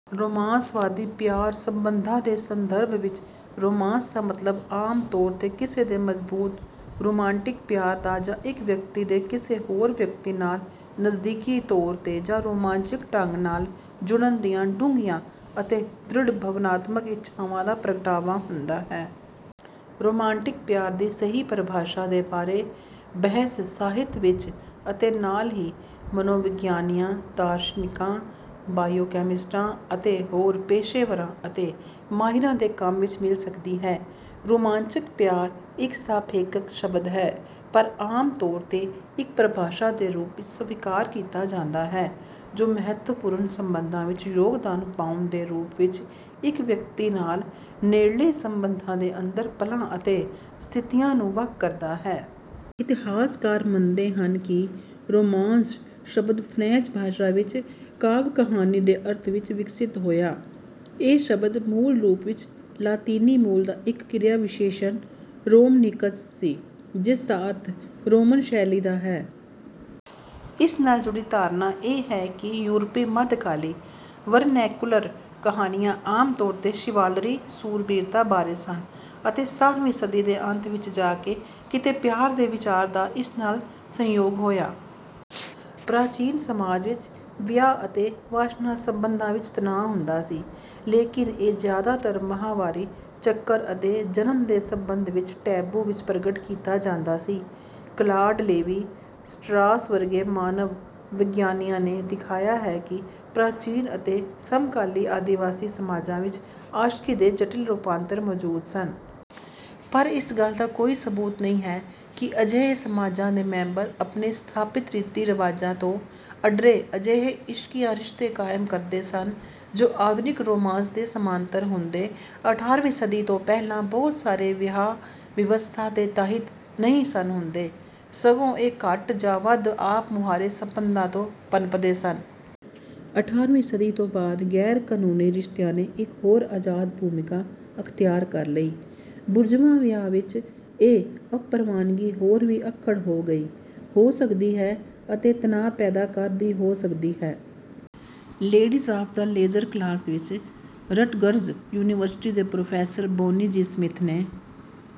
ਰੋਮਾਂਸਵਾਦੀ ਪਿਆਰ ਸੰਬੰਧਾਂ ਦੇ ਸੰਦਰਭ ਵਿੱਚ, ਰੋਮਾਂਸ ਦਾ ਮਤਲਬ ਆਮ ਤੌਰ ਤੇ ਕਿਸੇ ਦੇ ਮਜ਼ਬੂਤ ਰੁਮਾਂਟਿਕ ਪਿਆਰ ਦਾ, ਜਾਂ ਇੱਕ ਵਿਅਕਤੀ ਦੇ ਕਿਸੇ ਹੋਰ ਵਿਅਕਤੀ ਨਾਲ ਨਜ਼ਦੀਕੀ ਤੌਰ ਤੇ ਜਾਂ ਰੋਮਾਂਚਕ ਢੰਗ ਨਾਲ ਜੁੜਨ ਦੀਆਂ ਡੂੰਘੀਆਂ ਅਤੇ ਦ੍ਰਿੜ ਭਾਵਨਾਤਮਕ ਇੱਛਾਵਾਂ ਦਾ ਪ੍ਰਗਟਾਵਾ ਹੁੰਦਾ ਹੈ। ਰੋਮਾਂਟਿਕ ਪਿਆਰ ਦੀ ਸਹੀ ਪਰਿਭਾਸ਼ਾ ਦੇ ਬਾਰੇ ਬਹਿਸ ਸਾਹਿਤ ਵਿੱਚ ਅਤੇ ਨਾਲ ਹੀ ਮਨੋਵਿਗਿਆਨੀਆਂ, ਦਾਰਸ਼ਨਿਕਾਂ, ਬਾਇਓਕੈਮਿਸਟਾਂ ਅਤੇ ਹੋਰ ਪੇਸ਼ੇਵਰਾਂ ਅਤੇ ਮਾਹਿਰਾਂ ਦੇ ਕੰਮ ਵਿੱਚ ਮਿਲ ਸਕਦੀ ਹੈ। ਰੁਮਾਂਚਕ ਪਿਆਰ ਇੱਕ ਸਾਪੇਖਕ ਸ਼ਬਦ ਹੈ, ਪਰ ਆਮ ਤੌਰ ਤੇ ਇੱਕ ਪਰਿਭਾਸ਼ਾ ਦੇ ਰੂਪ ਵਿੱਚ ਸਵੀਕਾਰ ਕੀਤਾ ਜਾਂਦਾ ਹੈ ਜੋ ਮਹੱਤਵਪੂਰਣ ਸੰਬੰਧਾਂ ਵਿੱਚ ਯੋਗਦਾਨ ਪਾਉਣ ਦੇ ਰੂਪ ਵਿੱਚ ਇੱਕ ਵਿਅਕਤੀ ਨਾਲ ਨੇੜਲੇ ਸੰਬੰਧਾਂ ਦੇ ਅੰਦਰ ਪਲਾਂ ਅਤੇ ਸਥਿਤੀਆਂ ਨੂੰ ਵੱਖ ਕਰਦਾ ਹੈ। ਇਤਿਹਾਸਕਾਰ ਮੰਨਦੇ ਹਨ ਕਿ "ਰੋਮਾਂਸ" ਸ਼ਬਦ ਫ੍ਰੈਂਚ ਭਾਸ਼ਾ ਵਿੱਚ "ਕਾਵਿ ਕਹਾਣੀ" ਦੇ ਅਰਥ ਵਿੱਚ ਵਿਕਸਿਤ ਹੋਇਆ। ਇਹ ਸ਼ਬਦ ਮੂਲ ਰੂਪ ਵਿੱਚ ਲਾਤੀਨੀ ਮੂਲ ਦਾ ਇੱਕ ਕਿਰਿਆ-ਵਿਸ਼ੇਸ਼ਣ "ਰੋਮਨੀਕਸ" ਸੀ, ਜਿਸਦਾ ਅਰਥ "ਰੋਮਨ ਸ਼ੈਲੀ ਦਾ" ਹੈ। ਇਸ ਨਾਲ ਜੁੜੀ ਧਾਰਨਾ ਇਹ ਹੈ ਕਿ ਯੂਰਪੀ ਮੱਧਕਾਲੀ ਵਰਨੈਕੂਲਰ ਕਹਾਣੀਆਂ ਆਮ ਤੌਰ ਤੇ ਸ਼ਿਵਾਲਰੀ ਸੂਰਬੀਰਤਾ ਬਾਰੇ ਸਨ ਅਤੇ ਸਤਾਰ੍ਹਵੀਂ ਸਦੀ ਦੇ ਅੰਤ ਵਿੱਚ ਜਾ ਕੇ ਕਿਤੇ ਪਿਆਰ ਦੇ ਵਿਚਾਰ ਦਾ ਇਸ ਨਾਲ ਸੰਯੋਗ ਹੋਇਆ। ਪ੍ਰਾਚੀਨ ਸਮਾਜਾਂ ਵਿੱਚ, ਵਿਆਹ ਅਤੇ ਵਾਸ਼ਨਾ ਸਬੰਧਾਂ ਵਿੱਚ ਤਣਾਅ ਹੁੰਦਾ ਸੀ, ਲੇਕਿਨ ਇਹ ਜਿਆਦਾਤਰ ਮਾਹਵਾਰੀ ਚੱਕਰ ਅਤੇ ਜਨਮ ਦੇ ਸੰਬੰਧ ਵਿੱਚ ਟੈਬੂ ਵਿੱਚ ਪ੍ਰਗਟ ਕੀਤਾ ਜਾਂਦਾ ਸੀ। ਕਲਾਡ ਲੇਵੀ-ਸਟਰਾਸ ਵਰਗੇ ਮਾਨਵ-ਵਿਗਿਆਨੀਆਂ ਨੇ ਦਿਖਾਇਆ ਹੈ ਕਿ ਪ੍ਰਾਚੀਨ ਅਤੇ ਸਮਕਾਲੀ ਆਦਿਵਾਸੀ ਸਮਾਜਾਂ ਵਿੱਚ ਆਸ਼ਕੀ ਦੇ ਜਟਿਲ ਰੂਪਾਂਤਰ ਮੌਜੂਦ ਸਨ। ਪਰ ਇਸ ਗੱਲ ਦਾ ਕੋਈ ਸਬੂਤ ਨਹੀਂ ਹੈ ਕਿ ਅਜਿਹੇ ਸਮਾਜਾਂ ਦੇ ਮੈਂਬਰ ਆਪਣੇ ਸਥਾਪਿਤ ਰੀਤੀ-ਰਿਵਾਜਾਂ ਤੋਂ ਅੱਡਰੇ ਅਜਿਹੇ ਇਸ਼ਕੀਆ ਰਿਸ਼ਤੇ ਕਾਇਮ ਕਰਦੇ ਸਨ ਜੋ ਆਧੁਨਿਕ ਰੋਮਾਂਸ ਦੇ ਸਮਾਂਤਰ ਹੁੰਦੇ। ਅਠਾਰ੍ਹਵੀਂ ਸਦੀ ਤੋਂ ਪਹਿਲਾਂ, ਬਹੁਤ ਸਾਰੇ ਵਿਆਹ ਵਿਵਸਥਾ ਦੇ ਤਹਿਤ ਨਹੀਂ ਸਨ ਹੁੰਦੇ, ਸਗੋਂ ਇਹ ਘੱਟ ਜਾਂ ਵੱਧ ਆਪ-ਮੁਹਾਰੇ ਸਬੰਧਾਂ ਤੋਂ ਪਨਪਦੇ ਸਨ। ਅਠਾਰ੍ਹਵੀਂ ਸਦੀ ਤੋਂ ਬਾਅਦ, ਗੈਰ-ਕਾਨੂੰਨੀ ਰਿਸ਼ਤਿਆਂ ਨੇ ਇੱਕ ਹੋਰ ਆਜ਼ਾਦ ਭੂਮਿਕਾ ਅਖਤਿਆਰ ਕਰ ਲਈ। ਬੁਰਜ਼ਵਾ ਵਿਆਹ ਵਿੱਚ, ਇਹ ਅਪਰਵਾਨਗੀ ਹੋਰ ਵੀ ਅੱਖੜ ਹੋ ਗਈ ਹੋ ਸਕਦੀ ਹੈ ਅਤੇ ਤਣਾਅ ਪੈਦਾ ਕਰਦੀ ਹੋ ਸਕਦੀ ਹੈ। Ladies of the leisure class ਵਿੱਚ, ਰਟਗਰਜ਼ ਯੂਨੀਵਰਸਿਟੀ ਦੇ ਪ੍ਰੋਫੈਸਰ ਬੌਨੀ ਜੀ ਸਮਿੱਥ ਨੇ